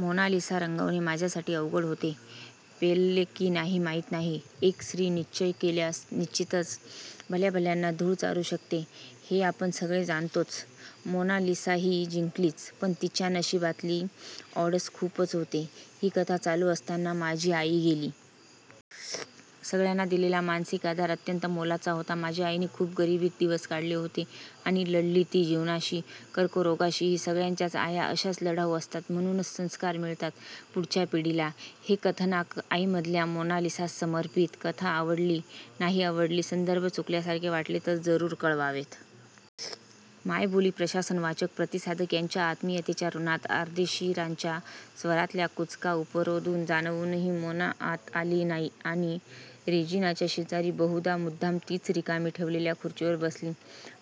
Mona Lisa रंगवणे माझ्यासाठी अवघड होते. पेलले की नाही माहीत नाही. एक स्त्री निश्चय केल्यास निश्चीतच भल्याभल्यांना धूळ चारू शकते हे आपण सगळे जाणतोच! मोनालिसाही जिंकलीच, पण तिच्या नशीबातील 'ऑड्स' खूपच होते.. ही कथा चालू असतानाच माझी आई गेली. सगळ्यांनी दिलेला मानसिक आधार अत्यंत मोलाचा होता. माझ्या आईने खूप गरीबीत दिवस काढलेले होते. आणि लढली ती जीवनाशी. कर्करोगाशीही! सगळ्यांच्याच आया अशाच लढाऊ असतात. म्हणूनच संस्कार मिळतात पुढच्या पिढीला, हे कथानक आईमधल्या मोनालिसाला समर्पीत, कथा आवडली, नाही आवडली, संदर्भ चुकल्यासारखे वाटले तर जरूर कळवावेत! मायबोली प्रशासन, वाचक व प्रतिसादक यांच्या आत्मीयतेच्या ऋणात. अर्देशीरांच्या स्वरातला कुजका उपरोध जाणवूनही मोना आत आली आणि रेजिनाच्या शेजारी 'बहुधा मुद्दाम तीच रिकामी ठेवलेल्या' खुर्चीवर बसली.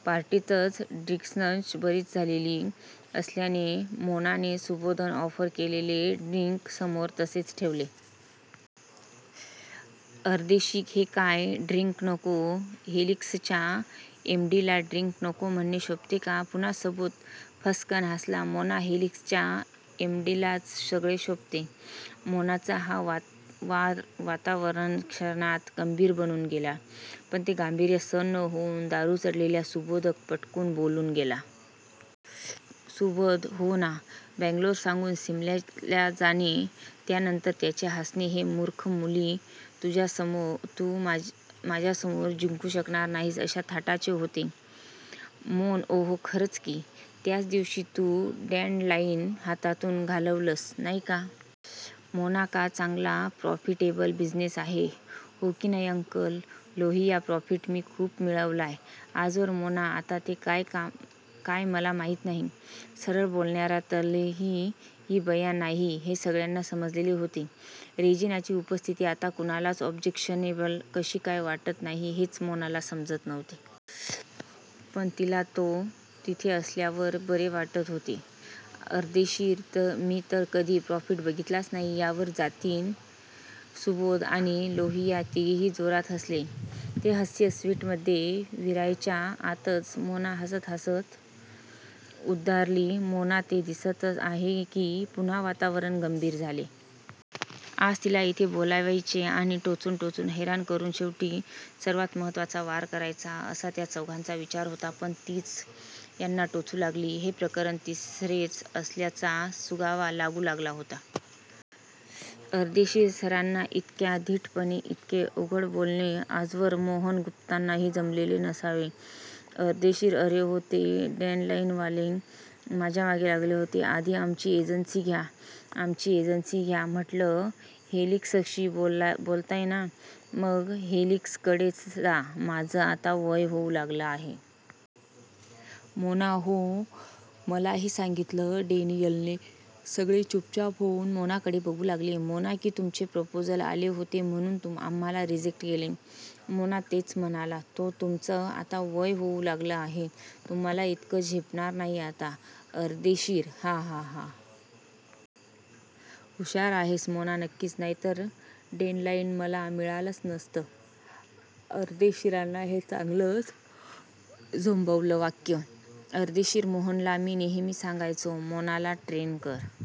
पार्टीतच ड्रिन्क्स बरीच झालेली असल्याने मोनाने सुबोधने ऑफर केलेले ड्रिन्क समोर तसेच ठेवले. अर्देशीर हे काय? ड्रिन्क नको?? हेलिक्सच्या एम डी ला ड्रिन्क नको म्हणणे शोभते का? पुन्हा सुबोध फस्सकन हासला. मोना हेलिक्सच्या एमडीलाच सगळे शोभते. मोनाचा हा वार वातावरण क्षणात गंभीर बनवून गेला. पण ते गांभीर्य सहन न होऊन दारू चढलेला सुबोध पटकन बोलून गेला. सुबोध हो ना, बँगलोर सांगून सिमल्याला जाणे... त्यानंतरचे त्याचे हासणे हे 'मूर्ख मुली, तू माझ्यासमोर जिंकू शकणार नाहीस' अशा थाटाचे होते. मोना ओह खरच की? त्याचदिवशी तू डॅनलाईन हातातून घालवलंस नाही का? मोना का? चांगला प्रॉफिटेबल बिझिनेस आहे. हो की नाही अंकल? लोहिया प्रॉफिट मी खूप मिळवलाय आजवर मोना आता ते काय मला माहीत नाही? सरळ बोलणार्यातली ही बया नाही हे सगळ्यांना समजलेले होते. रेजिनाची उपस्थिती आत्ता कुणालाच ऑब्जेक्शनेबल कशी काय वाटत नाही हेच मोनाला समजत नव्हते. पण तिला तो तिथे असल्यामुळे बरे वाटत होते. अर्देशीर मी तर कधी प्रॉफिट बघितलाच नाही. यावर जतीन, सुबोध आणि लोहिया तिघेही जोरात हासले. ते हास्य स्विटमध्ये विरायच्या आतच मोना हासत हासत उद्गारली. मोना ते दिसतंच आहे की, पुन्हा वातावरण गंभीर झाले. आज तिला इथे बोलवायचे आणि टोचून टोचून हैराण करून शेवटी सर्वात महत्वाचा वार करायचा असा त्या चौघांचा विचार होता. पण तीच यांना टोचू लागली होती. हे प्रकरण तिसरेच असल्याचा सुगावा लागू लागला होता. अर्देशीर सरांना इतक्या धीटपणे इतके उघड बोलणे आजवर मोहन गुप्तांनाही जमलेले नसावे. अर्देशीर अरे होते डॅनलाईनवाले माझ्यामागे लागले होते आधी आमची एजन्सी घ्या, आमची एजन्सी घ्या, म्हंटलं हेलिक्सशी बोलताय ना? मग हेलिक्सकडेच जा, माझं आता वय होऊ लागलं आहे. मोना हो, मलाही सांगीतलं डॅनीयलने, सगळे चुपचाप होऊन मोनाकडे बघू लागले. मोना की तुमचे प्रपोजल आले होते म्हणून म्हणाला रिजेक्ट केले. मोना तेच म्हणाला तो, तुमचं आता वय होऊ लागलं आहे. तुम्हाला इतकं झेपणार नाही आता, अर्देशीर हा हा हा हा! हुषार आहेस. मोना नक्कीच, नाहीतर डॅनलाईन मला मिळालंच नसतं. अर्देशीरांना हे चांगलंच झोंबलं वाक्य! अर्देशीर मोहनला मी नेहमी सांगायचो. मोनाला ट्रेन कर--